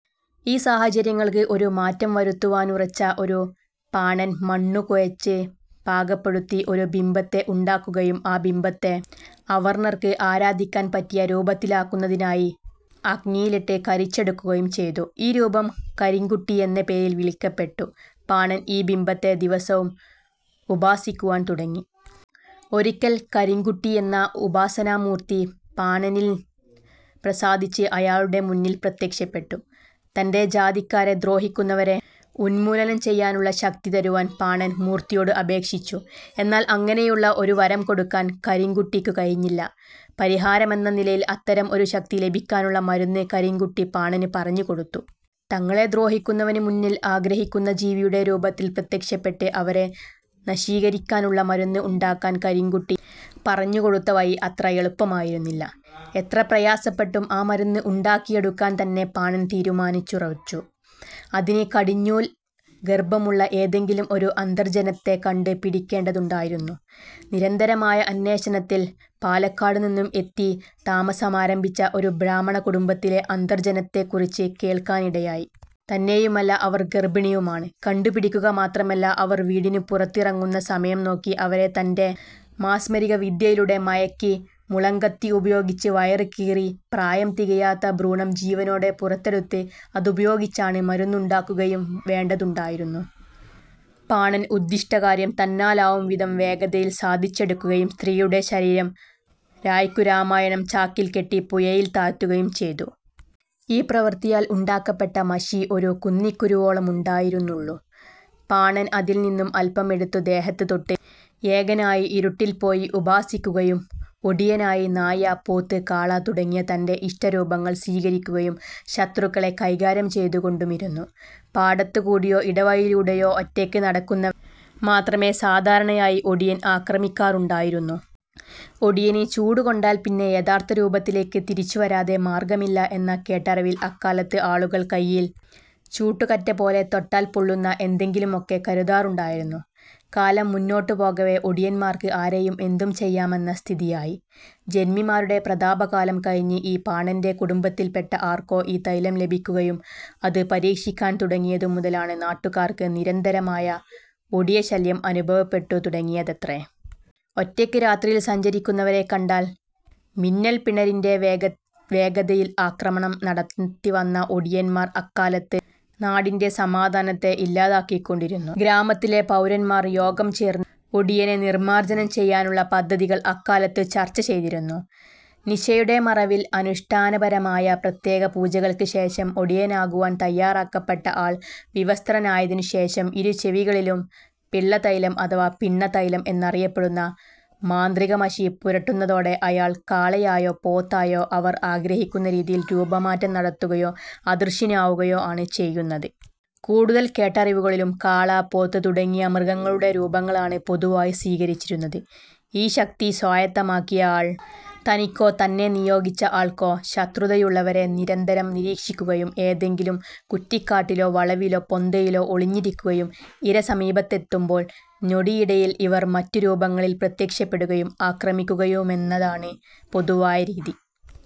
ഈ സാഹചര്യങ്ങൾക്ക് ഒരു മാറ്റം വരുത്തുവാനുറച്ച ഒരു പാണൻ മണ്ണു കുഴച്ചു പാകപ്പെടുത്തി ഒരു ബിംബത്തെ ഉണ്ടാക്കുകയും ആ ബിംബത്തെ അവർണ്ണർക്ക് ആരാധിക്കാൻ പറ്റിയ രൂപത്തിലാക്കുന്നതിനായി അഗ്നിയിലിട്ട് കരിച്ചെടുക്കുകയും ചെയ്തു. ഈ രൂപം കരിങ്കുട്ടി എന്ന പേരിൽ വിളിക്കപ്പെട്ടു. പാണൻ ഈ ബിംബത്തെ ദിവസവും ഉപാസിക്കുവാൻ തുടങ്ങി. ഒരിക്കൽ കരിങ്കുട്ടിയെന്ന ഉപാസനാമൂർത്തി പാണനിൽ പ്രസാദിച്ച് അയാളുടെ മുന്നിൽ പ്രത്യക്ഷപ്പെട്ടു. തന്റെ ജാതിക്കാരെ ദ്രോഹിക്കുന്നവരെ ഉന്മൂലനം ചെയ്യാനുള്ള ശക്തി തരുവാൻ പാണൻ മൂർത്തിയോട് അപേക്ഷിച്ചു. എന്നാൽ അങ്ങനെയുള്ള ഒരു വരം കൊടുക്കാൻ കരിങ്കുട്ടിക്കു കഴിഞ്ഞില്ല. പരിഹാരമെന്ന നിലയിൽ അത്തരം ഒരു ശക്തി ലഭിക്കാനുളള മരുന്ന് കരിങ്കുട്ടി പാണനു പറഞ്ഞു കൊടുത്തു. തങ്ങളെ ദ്രോഹിക്കുന്നവനു മുന്നിൽ ആഗ്രഹിക്കുന്ന ജീവിയുടെ രൂപത്തിൽ പ്രത്യക്ഷപ്പെട്ട് അവരെ നശീകരിക്കാനുള്ള മരുന്ന് ഉണ്ടാക്കാൻ കരിങ്കുട്ടി പറഞ്ഞുകൊടുത്ത വഴി അത്ര എളുപ്പമായിരുന്നില്ല. എത്ര പ്രയാസപ്പെട്ടും ആ മരുന്ന് ഉണ്ടാക്കിയെടുക്കാൻതന്നെ പാണൻ തീരുമാനിച്ചുറച്ചു. അതിന് കടിഞ്ഞൂൽ ഗർഭമുള്ള ഏതെങ്കിലും ഒരു അന്തർജനത്തെ കണ്ടു പിടിക്കേണ്ടതുണ്ടായിരുന്നു. നിരന്തരമായ അന്വേഷണത്തിൽ പാലക്കാടു നിന്ന് എത്തി താമസമാരംഭിച്ച ഒരു ബ്രാഹ്മണ കുടുംബത്തിലെ അന്തർജ്ജനത്തെക്കുറിച്ചു കേൾക്കാനിടയായി. തന്നെയുമല്ല അവർ ഗർഭിണിയുമാണ്. കണ്ടുപിടിക്കുക മാത്രമല്ല അവർ വീടിനു പുറത്തിറങ്ങുന്ന സമയം നോക്കി അവരെ തന്റെ മാസ്മരിക വിദ്യയിലൂടെ മയക്കി മുളങ്കത്തി ഉപയോഗിച്ചു വയറു കീറി പ്രായം തികയാത്ത ഭ്രൂണം ജീവനോടെ പുറത്തെടുത്ത് അതുപയോഗിച്ചാണ് മരുന്നുണ്ടാക്കുയും വേണ്ടതുണ്ടായിരുന്നു. പാണൻ ഉദ്ദിഷ്ടകാര്യം തന്നാലാവും വിധം വേഗതയിൽ സാധിച്ചെടുക്കുകയും സ്ത്രീയുടെ ശരീരം രായ്ക്കു രാമാനം ചാക്കിൽ കെട്ടി പുഴയിൽ താഴ്ത്തുകയും ചെയ്തു. ഈ പ്രവൃത്തിയാൽ ഉണ്ടാക്കപ്പെട്ട മഷി ഒരു കുന്നിക്കുരുവോളമേയുണ്ടായിരുന്നുള്ളൂ. പാണൻ അതിൽനിന്ന് അൽപ്പം എടുത്തു ദേഹത്ത് തൊട്ട്, ഏകനായി ഇരുട്ടിൽ പോയി ഉപാസിക്കുകയും ഒടിയനായി നായ, പോത്ത്, കാള തുടങ്ങിയ തന്റെ ഇഷ്ടരൂപങ്ങൾ സ്വീകരിക്കുകയും ശത്രുക്കളെ കൈകാര്യം ചെയ്തുകൊണ്ടുമിരുന്നു. പാടത്ത് കൂടിയോ, ഇടവഴിയിലൂടെയോ ഒറ്റയ്ക്ക് നടക്കുന്നവരെ മാത്രമേ സാധാരയായി ഒടിയൻ ആക്രമിക്കാറുണ്ടായിരുന്നു. ഒടിയനു ചൂട് കൊണ്ടാൽപ്പിന്നെ യഥാർത്ഥ രൂപത്തിലേക്ക് തിരിച്ചു വരാതെ മാർഗ്ഗമില്ല എന്ന കേട്ടറിവിൽ അക്കാലത്ത് ആളുകൾ കൈയിൽ ചൂട്ടുകറ്റ പോലെ തൊട്ടാൽ പൊള്ളുന്ന എന്തെങ്കിലുമൊക്കെ കരുതാറുണ്ടായിരുന്നു. കാലം മുന്നോട്ടു പോകവേ ഒടിന്മാർക്ക് ആരെയും എന്തും ചെയ്യാമെന്ന സ്ഥിതിയായി. ജന്മിമാരുടെ പ്രതാപ കാലം കഴിഞ്ഞ് ഈ പാണന്റെ കുടുംബത്തിൽപ്പെട്ട ആർക്കോ ഈ തൈലം ലഭിക്കുകയും അതു പരീക്ഷിക്കാൻ തുടങ്ങിയതും മുതലാണ് നാട്ടുകാർക്ക് നിരന്തരമായ 'ഒടിയ ശല്യം' അനുഭവപ്പെട്ടു തുടങ്ങിയതത്രേ. ഒറ്റയ്ക്ക് രാത്രിയിൽ സഞ്ചരിക്കുന്നവരെ കണ്ടാൽ മിന്നൽപ്പിണരിൻറെ വേഗതയിൽ ആക്രമണം നടത്തിവന്ന ഒടിയൻമാർ അക്കാലത്ത് നാടിൻറെ സമാധാനത്തെ ഇല്ലാതാക്കി കൊണ്ടിരുന്നു. ഗ്രാമത്തിലെ പൌരന്മാർ യോഗം ചേർന്ന് ഒടിയനെ നിർമ്മാർജ്ജനം ചെയ്യാനുള്ള പദ്ധതികൾ അക്കാലത്തു ചർച്ച ചെയ്തിരുന്നു. നിശയുടെ മറവിൽ, അനുഷ്ഠാനപരമായ പ്രത്യേക പൂജകൾക്കു ശേഷം ഒടിയനാകുവാൻ തയ്യാറാക്കപ്പെട്ട ആൾ വിവസ്ത്രനായതിനു ശേഷം ഇരു ചെവികളിലും പിള്ള തൈലം അഥവാ പിണ്ണതൈലം എന്നറിയപ്പെടുന്ന മാന്ത്രിക മഷി പുരട്ടുന്നതോടെ അയാൾ കാളയായോ പോത്തായോ അവർ ആഗ്രഹിക്കുന്ന രീതിയിൽ രൂപം മാറ്റം നടത്തുകയോ അദൃശ്യനാകുകയോ ആണ് ചെയ്യുന്നത്. കൂടുതൽ കേട്ടറിവുകളിലും കാള, പോത്ത് തുടങ്ങിയ മൃഗങ്ങളുടെ രൂപങ്ങളാണ് പൊതുവായി സ്വീകരിച്ചിരുന്നത്. ഈ ശക്തി സ്വായത്തമാക്കിയ ആൾ തനിക്കോ തന്നെ നിയോഗിച്ച ആൾക്കോ ശത്രുതയുള്ളവരെ നിരന്തരം നിരീക്ഷിക്കുകയും ഏതെങ്കിലും കുറ്റിക്കാട്ടിലോ വളവിലോ പൊന്തയിലോ ഒളിഞ്ഞിരിക്കുകയും ഇര സമീപത്തെത്തുമ്പോൾ നൊടിയിടയിൽ ഇവർ മറ്റുരൂപങ്ങളിൽ പ്രത്യക്ഷപ്പെടുകയും ആക്രമിക്കുകയുമെന്നതാണ് പൊതുവായ രീതി.